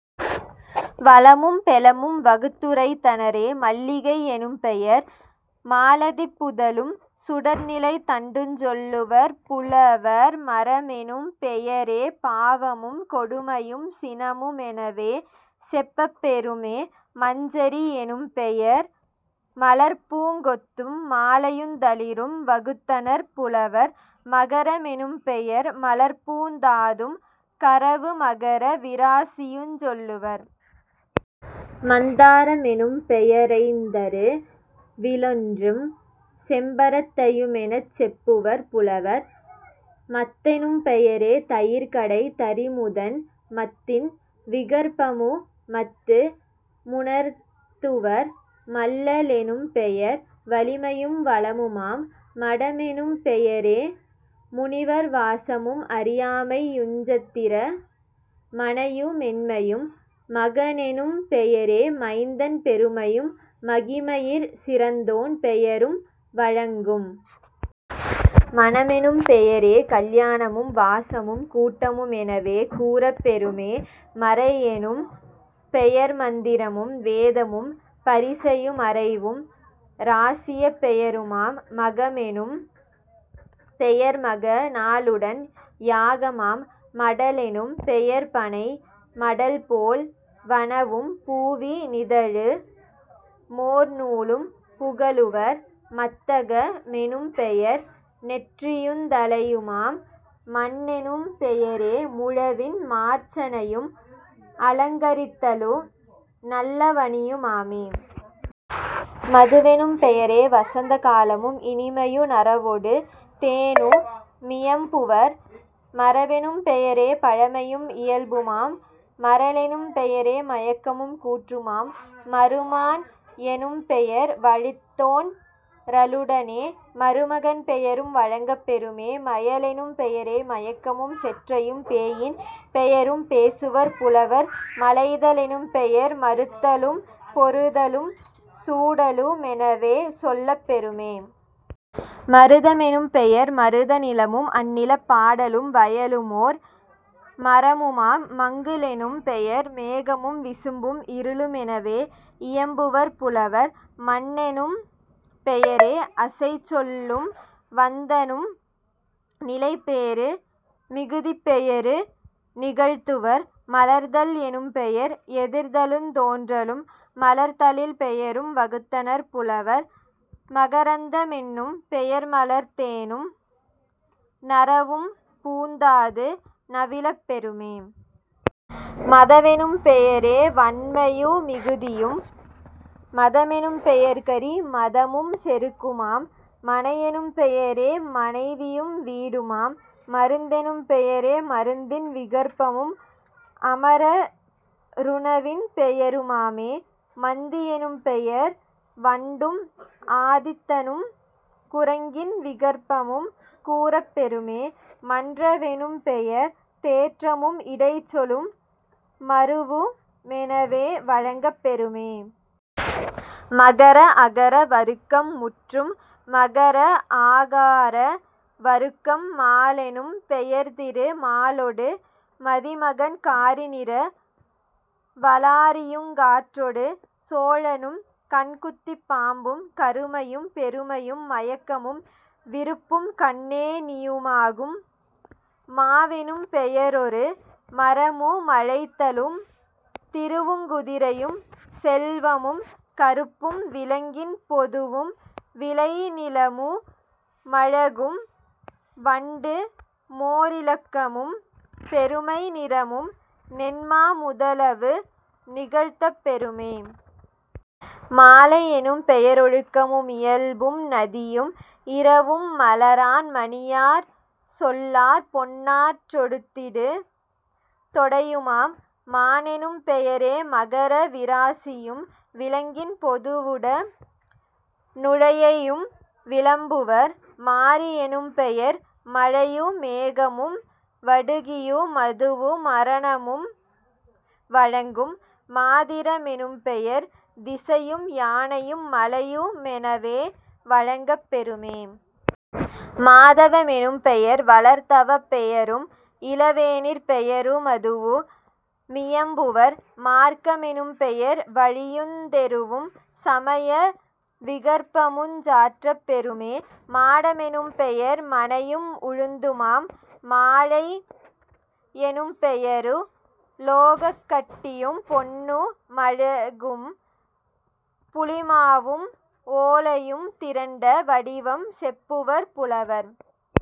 வளமும் பெலமும் வகுத்துரைத் தனரே..... மல்லிகை யெனும்பெயர் மாலதிப் புதலும் சுடர்நிலைத் தண்டுஞ் சொல்லுவர் புலவர்..... மறமெனும் பெயரே பாவமும் கொடுமையும் சினமு மெனவே செப்பப் பெறுமே..... மஞ்சரி யெனும்பெயர் மலர்ப்பூங் கொத்தும் மாலையுந் தளிரும் வகுத்தனர் புலவர்..... மகர மெனும்பெயர் மலர்ப்பூந் தாதும் கறவு மகர விராசியுஞ் சொல்லுவர்..... மந்தார மெனும்பெய ரைந்தரு விலொன்றும் செம்பரத் தையுமெனச் செப்புவர் புலவர்..... மத்தெனும் பெயரே தயிர்கடை தறிமுதன் மத்தின் விகற்பமு மத்து முணர்த்துவர்..... மல்ல லெனும்பெயர் வலிமையும் வளமுமாம்..... மடமெனும் பெயரே முனிவர் வாசமும் அறியாமை யுஞ்சத்திர மனையு மென்மையும்..... மகனெனும் பெயரே மைந்தன் பெருமையும் மகிமையிற் சிறந்தோன் பெயரும் வழங்கும்..... மணமெனும் பெயரே கல்யாணமும் வாசமும் கூட்டமு மெனவே கூறப் பெறுமே..... மறையெனும் பெயர்மந் திரமும் வேதமும் பரிசையு மறைவும் ராசியப் பெயருமாம்..... மகமெனும் பெயர்மக நாளுடன் யாகமாம்..... மடலெனும் பெயர்பனை மடல்போல் வனவும் பூவி னிதழு மோர்நூலும் புகலுவர்..... மத்தக மெனும்பெயர் நெற்றியுந் தலையுமாம்..... மண்ணெனும் பெயரே முழவின் மார்ச்சனையும் அலங்கரித்தலு நல்ல வனியு மாமே..... மதுவெனும் பெயரே வசந்த காலமும் இனிமையு நறவொடு தேனு மியம்புவர்..... மரபெனும் பெயரே பழமையும் இயல்புமாம்..... மறலெனும் பெயரே மயக்கமும் கூற்றுமாம்..... மருமான் எனும்பெயர் வழித்தோன் றலுடனே மருமகன் பெயரும் வழங்கப் பெறுமே..... மயலெனும் பெயரே மயக்கமும் செற்றையும் பேயின் பெயரும் பேசுவர் புலவர்..... மலைத லெனும்பெயர் மறுத்தலும் பொருதலும் சூடலு மெனவே சொல்லப் பெறுமே..... மருத மெனும்பெயர் மருத நிலமும் அந்நிலப் பாடலும் வயலுமோர் மரமுமாம்..... மங்கு லெனும்பெயர் மேகமும் விசும்பும் இருளு மெனவே இயம்புவர் புலவர்..... மன்னெனும் பெயரே அசைச்சொலும் வேந்தனும் நிலைபேறு மிகுதிப் பெயரு நிகழ்த்துவர்..... மலர்தல் எனும்பெயர் எதிர்தலுந் தோன்றலும் மலர்தலின் பெயரும் வகுத்தனர் புலவர்..... மகரந்த மென்னும் பெயர்மலர்த் தேனும் நறவும் பூந்தாது நவிலப் பெறுமே..... மதவெனும் பெயரே வன்மையு மிகுதியும்..... மதமெனும் பெயர்கரி மதமும் செருக்குமாம்..... மனையெனும் பெயரே மனைவியும் வீடுமாம்..... மருந்தெனும் பெயரே மருந்தின் விகற்பமும் அமர ருணவின் பெயரு மாமே..... மந்தி யெனும்பெயர் வண்டும் ஆதித்தனும் குரங்கின் விகற்பமும் கூறப் பெறுமே..... மன்ற வெனும்பெயர் தேற்றமும் இடைச்சொலும் மருவு மெனவே வழங்கப் பெறுமே..... மகர அகர வருக்கம் முற்றும். மகர ஆகார வருக்கம் மாலெனும் பெயர்திரு மாலொடு மதிமகன் காரிநிற வலாரியுங் காற்றொடு சோழனும் கண்குத்திப் பாம்பும் கருமையும் பெருமையும் மயக்கமும் விருப்பும் கண்ணே ணியுமாகும்..... மாவெனும் பெயரொரு மரமு மழைத்தலும் திருவுங் குதிரையும் செல்வமும் கறுப்பும் விலங்கின் பொதுவும் விளைநிலமு மழகும் வண்டு மோரிலக்கமும் பெருமை நிறமும் நென்மா முதலவு நிகழ்த்தப் பெறுமே..... மாலை யெனும்பெய ரொழுக்கமு மியல்பும் நதியும் இரவும் மலரான் மணியாற் சொல்லாற் பொன்னாற் றொடுத்திடு தொடையுமாம்.... மானெனும் பெயரே மகர விராசியும் விலங்கின் பொதுவுட னுழையையும் விளம்புவர்..... மாரி யெனும்பெயர் மழையு மேகமும் வடுகியு மதுவு மரணமும் வழங்கும்..... மாதிர மெனும்பெயர் திசையும் யானையும் மலையு மெனவே வழங்கப் பெறுமே..... மாதவ மெனும்பெயர் வளர்தவப் பெயரும் இளவேனிற் பெயரு மதுவு மியம்புவர்..... மார்க்க மெனும்பெயர் வழியுந் தெருவும் சமைய விகற்பமுஞ் சாற்றப் பெறுமே..... மாட மெனும்பெயர் மனையும் உழுந்துமாம்..... மாழை யெனும்பெயரு லோகக் கட்டியும் பொன்னு மழகும் புளிமாவும் ஓலையும் திரண்ட வடிவும் செப்புவர் புலவர்.